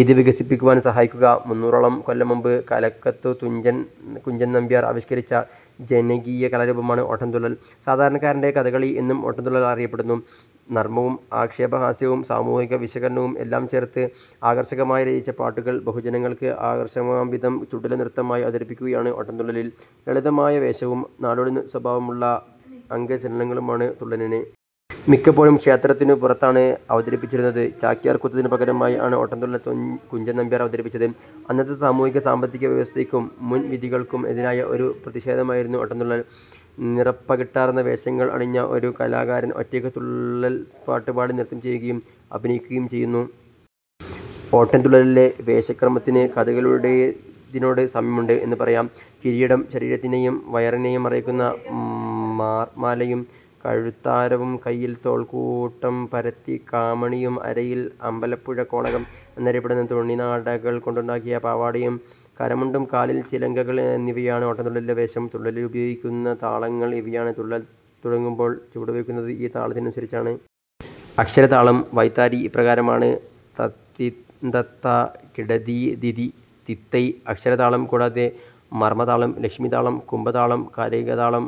ഇതു വികസിപ്പിക്കുവാൻ സഹായിക്കുക. മുന്നുറോളം കൊല്ലംമുമ്പ് കലക്കത്തു തുഞ്ചൻ കുഞ്ചൻ നമ്പ്യാർ ആവിഷ്കരിച്ച ജനകീയകലാരുപമാണ് ഓട്ടൻതുള്ളൽ. സാധാരണക്കാരന്റെ കഥകളി എന്നും ഓട്ടൻതുള്ളൽ അറിയപ്പെടുന്നു. നർമ്മവും ആക്ഷേപഹാസ്യവും സാമൂഹിക വിശകലനവും എല്ലാം ചേർത്ത് ആകർഷകമായി രചിച്ച പാട്ടുകൾ ബഹുജനങ്ങൾക്ക് ആകർഷകമാം വിധം ചടുല നൃത്തമായി അവതരിപ്പിക്കുകയാണ് ഓട്ടൻതുള്ളലിൽ. ലളിതമായ വേഷവും നാടോടി സ്വഭാവമുള്ള അംഗചലനങ്ങളുമാണ് തുള്ളലിന്. മിക്കപ്പോഴും ക്ഷേത്രത്തിനു പുറത്താണ് അവതരിപ്പിച്ചിരുന്നത്. ചാക്യാർ കൂത്തിനു പകരമായി ആണ് ഓട്ടൻതുള്ളൽ തുഞ്ച കുഞ്ചൻ നമ്പ്യാർ അവതരിപ്പിച്ചത്. അന്നത്തെ സാമൂഹിക സാമ്പത്തിക വ്യവസ്ഥയ്ക്കും മുൻവിധികൾക്കും എതിരായ ഒരു പ്രതിഷേധമായിരുന്നു ഓട്ടൻതുള്ളൽ. നിറപ്പകിട്ടാർന്ന വേഷങ്ങൾ അണിഞ്ഞ ഒരു കലാകാരൻ ഒറ്റയ്ക്ക് തുള്ളൽ പാട്ടുപാടി നൃത്തം ചെയ്യുകയും അഭിനയിക്കുകയും ചെയ്യുന്നു. ഓട്ടൻ തുള്ളലിലെ വേഷക്രമത്തിന് കഥകളിയുടേതിനോട് സാമ്യമുണ്ട് എന്നു പറയാം. കിരീടം, ശരീരത്തിനെയും വയറിനെയും മറയ്ക്കുന്ന മാർമാലയും കഴുത്താരവും കൈയ്യിൽ തോൾക്കൂട്ടം, പരത്തിക്കാമണിയും അരയിൽ 'അമ്പലപുഴ കോണകം' എന്നറിയപ്പെടുന്ന തുണിനാടകൾ കൊണ്ടുണ്ടാക്കിയ പാവാടയും കരമുണ്ടും കാലിൽ ചിലങ്കകൾ എന്നിവയാണ് ഓട്ടൻതുള്ളലിലെ വേഷം. തുള്ളലിൽ ഉപയോഗിയ്ക്കുന്ന താളങ്ങൾ ഇവയാണ് തുള്ളൽ തുടങ്ങുമ്പോൾ ചുവടുവെയ്ക്കുന്നത് ഈ താളത്തിനനുസരിച്ചാണ്. അക്ഷര താളം. വായ്ത്താരി ഇപ്രകാരമാണ്"തത്തിന്തത്താ കിടധീ ധിതി ത്തിത്തൈ" അക്ഷരതാളം കൂടാതെ മർമ്മ താളം, ലക്ഷ്മീ താളം, കുംഭ താളം, കാരികതാളം,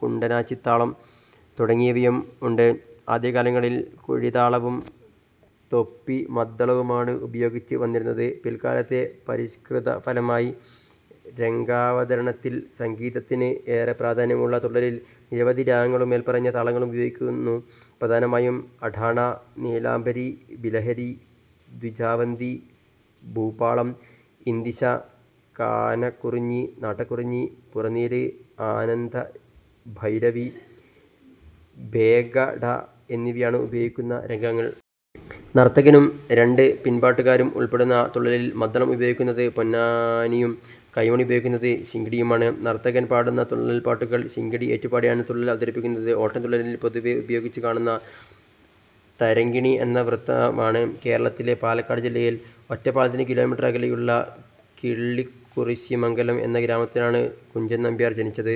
കുണ്ടനാച്ചിതാളം തുടങ്ങിയവയും ഉണ്ട്. ആദ്യകാലങ്ങളിൽ കുഴിതാളവും തൊപ്പിമദ്ദളവുമാണ് ഉപയോഗിച്ചു വന്നിരുന്നത് പിൽക്കാലത്തെ പരിഷ്കൃതഫലമായി രംഗാവതരണത്തിൽ സംഗീതത്തിന് ഏറെപ്രാധാന്യമുള്ള തുള്ളലിൽ നിരവധി രാഗങ്ങളും മേൽപറഞ്ഞ താളങ്ങളും ഉപയോഗിയ്ക്കുന്നു. പ്രധാനമായും അഠാണ, നീലാംബരി, ബിലഹരി, ദ്വിജാവന്തി, ഭൂപാളം, ഇന്ദിശ, കാനക്കുറുഞ്ഞി, നാട്ടക്കുറുഞ്ഞി, പുറനീര്, ആനന്ദഭൈരവി, ബേഗഡ എന്നിവയാണ് ഉപയോഗിയ്ക്കുന്ന രാഗങ്ങൾ. നർത്തകനും രണ്ട് പിൻപാട്ടുകാരും ഉൾപ്പെടുന്ന തുള്ളലിൽ മദ്ദളം ഉപയോഗിയ്ക്കുന്നത് പൊന്നാനിയും കൈമണി ഉപയോഗിയ്ക്കുന്നത് ശിങ്കിടിയുമാണ്. നർത്തകൻ പാടുന്ന തുള്ളൽപാട്ടുകൾ ശിങ്കിടി ഏറ്റുപാടിയാണ് തുള്ളൽ അവതരിപ്പിയ്ക്കുന്നത്. ഓട്ടൻ തുള്ളലിൽ പൊതുവേ ഉപയോഗിച്ച് കാണുന്നത് തരംഗിണി എന്ന വൃത്തമാണ്. കേരളത്തിലെ പാലക്കാട് ജില്ലയിൽ ഒറ്റപ്പാലത്തിന് കിലോമീറ്റർ അകലെയായുള്ള കിള്ളിക്കുറിശ്ശിമംഗലം എന്ന ഗ്രാമത്തിലാണ് കുഞ്ചൻ നമ്പ്യാർ ജനിച്ചത്.